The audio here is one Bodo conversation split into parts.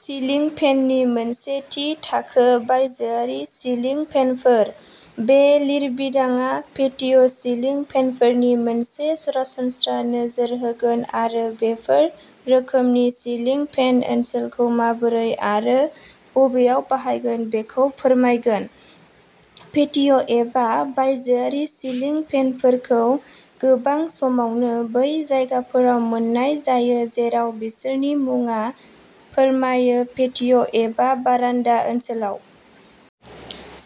सिलिं फेननि मोनसे थि थाखो बायजोआरि सिलिं फेनफोर। बे लिरबिदांआ पेटिय'सिलिं फेनफोरनि मोनसे सरासनस्रा नोजोर होगोन आरो बेफोर रोखोमनि सिलिं फेन ओनसोलफोरखौ माबोरै आरो बबेयाव बाहायगोन बेखौ फोरमायगोन। पेटिय' एबा बायजोआरि सिलिं फेनफोरखौ गोबां समावनो बै जायगाफोराव मोन्नाय जायो जेराव बिसोरनि मुङा फोरमायो पेटिय' एबा बारान्दा ओनसोलाव।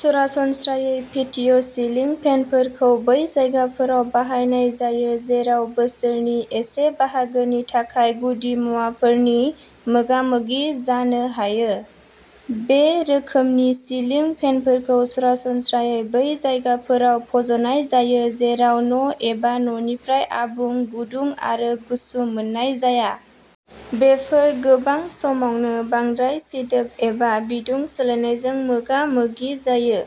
सरासनस्रायै पेटिय'सिलिं फेनफोरखौ बै जायगाफोराव बाहायनाय जायो जेराव बोसोरनि एसे बाहागोनि थाखाय गुदिमुवाफोरनि मोगामोगि जानो हायो। बे रोखोमनि सिलिं फेनफोरखौ सरासनस्रायै बै जायगाफोराव फज'नाय जायो जेराव न' एबा न'निफ्राय आबुं गुदुं आरो गुसु मोननाय जाया। बेफोर गोबां समावनो बांद्राय सिदोब एबा बिदुं सोलायनायजों मोगा-मोगि जायो।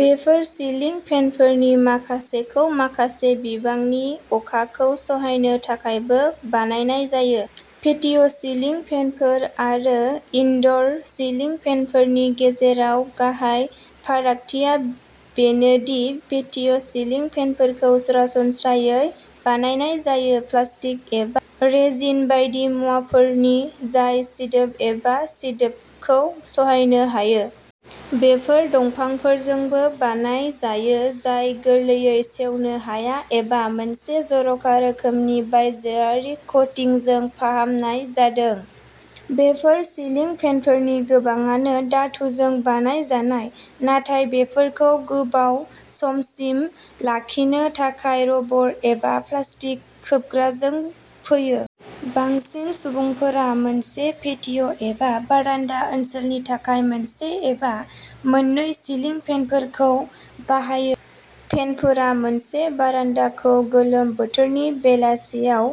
बेफोर सिलिं फेनफोरनि माखासेखौ माखासे बिबांनि अखाखौ सहायनो थाखायबो बानायनाय जायो। पेटिय'सिलिं फेनफोर आरो इनड'र सिलिं फेनफोरनि गेजेराव गाहाय फारागथिया बेनो दि पेटिय'सिलिं फेनफोरखौ सरासनस्रायै बानायनाय जायो प्लास्टिक एबा रेजिन बायदि मुवाफोरनि जाय सिदोब एबा सिदोबखौ सहायनो हायो। बेफोर दंफांफोरजोंबो बानाय जायो जाय गोरलैयै सेवनो हाया एबा मोनसे जर'खा रोखोमनि बायजोआरि क'टिंजों फाहामनाय जादों। बेफोर सिलिं फेनफोरनि गोबांआनो धातुजों बानायजानाय, नाथाय बेफोरखौ गोबाव समसिम लाखिनो थाखाय रबर एबा प्लास्टिक खोबग्राजों फैयो। बांसिन सुबुंफोरा मोनसे पेटिय' एबा बारान्दा ओनसोलनि थाखाय मोनसे एबा मोननै सिलिं फेनफोरखौ बाहायो। फेनफोरा मोनसे बारान्दाखौ गोलोम बोथोरनि बेलासियाव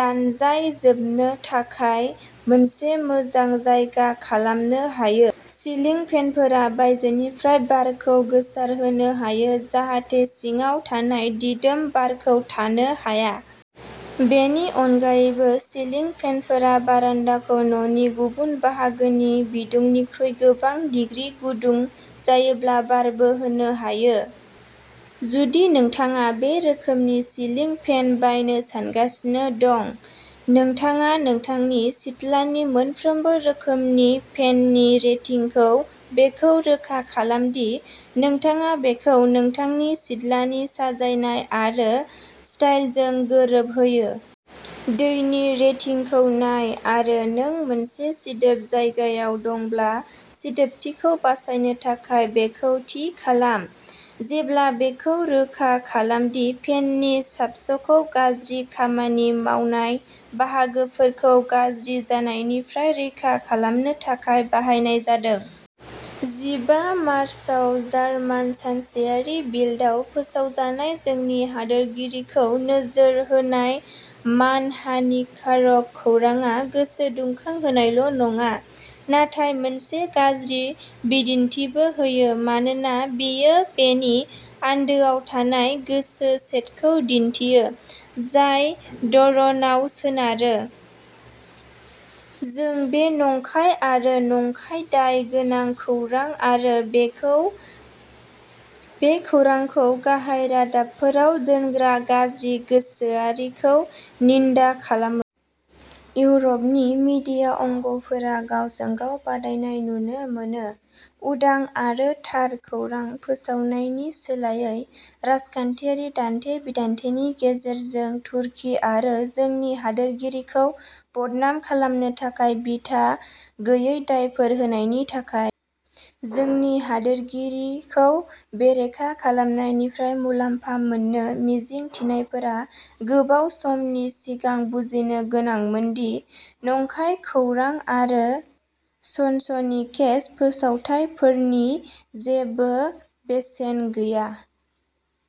लानजाय जोबनो थाखाय मोनसे मोजां जायगा खालामनो हायो। सिलिं फेनफोरा बायजोनिफ्राय बारखौ गोसारहोनो हायो जाहाथे सिङाव थानाय दिदोम बारखौ थानो हाया। बेनि अनगायैबो, सिलिं फेनफोरा बारान्दाखौ न'नि गुबुन बाहागोनि बिदुंनिख्रुइ गोबां दिग्रि गुदुं जायोब्ला बारबो होनो हायो। जुदि नोंथाङा बे रोखोमनि सिलिं फेन बायनो सानगासिनो दं। नोंथाङा नोंथांनि सिथलानि मोनफ्रोमबो रोखोमनि फेननि रेटिंखौ बेखौ रोखा खालाम दि नोंथाङा बेखौ नोंथांनि सिथलानि साजायनाय आरो स्टाइलजों गोरोबहोयो। दैनि रेटिंखौ नाय आरो नों मोनसे सिदोब जायगायाव दंब्ला, सिदोबथिखौ बासायनो थाखाय बेखौ थि खालाम। जेब्लाबो बेखौ रोखा खालाम दि फेननि साबसखौ गाज्रि खामानि मावनाय बाहागोफोरखौ गाज्रि जानायनिफ्राय रैखा खालामनो थाखाय बाहायनाय जादों। जिबा मार्चाव जार्मान सानसेयारि बिल्डआव फोसावजानाय जोंनि हादोरगिरिखौ नोजोर होनाय मानहानिकारक खौरांआ गोसो दुंखांहोनायल' नङा, नाथाय मोनसे गाज्रि बिदिन्थिबो होयो मानोना बेयो बेनि आन्दोआव थानाय गोसो सेटखौ दिन्थियो, जाय घृणायाव सोनारो। जों बे नंखाय आरो नंखाय दाय गोनां खौरां आरो बे खौरांखौ गाहाय रादाबफोराव दोनग्रा गाज्रि गोसोआरिखौ निन्दा खालामो। इउर'पनि मीडिया अंगफोरा गावजों-गाव बादायनाय नुनो मोनो। उदां आरो थार खौरां फोसावनायनि सोलायै राजखान्थियारि दान्थे-बिदान्थेनि गेजेरजों तुर्की आरो जोंनि हादोरगिरिखौ बदनाम खालामनो थाखाय बिथा गैयै दायफोर होनायनि थाखाय। जोंनि हादोरगिरिखौ बेरेखा खालामनायनिफ्राय मुलाम्फा मोननो मिजिं थिनायफोरा गोबाव समनि सिगां बुजिनो गोनांमोन दि नंखाय खौरां आरो सनसनीखेज फोसावथायफोरनि जेबो बेसेन गैया।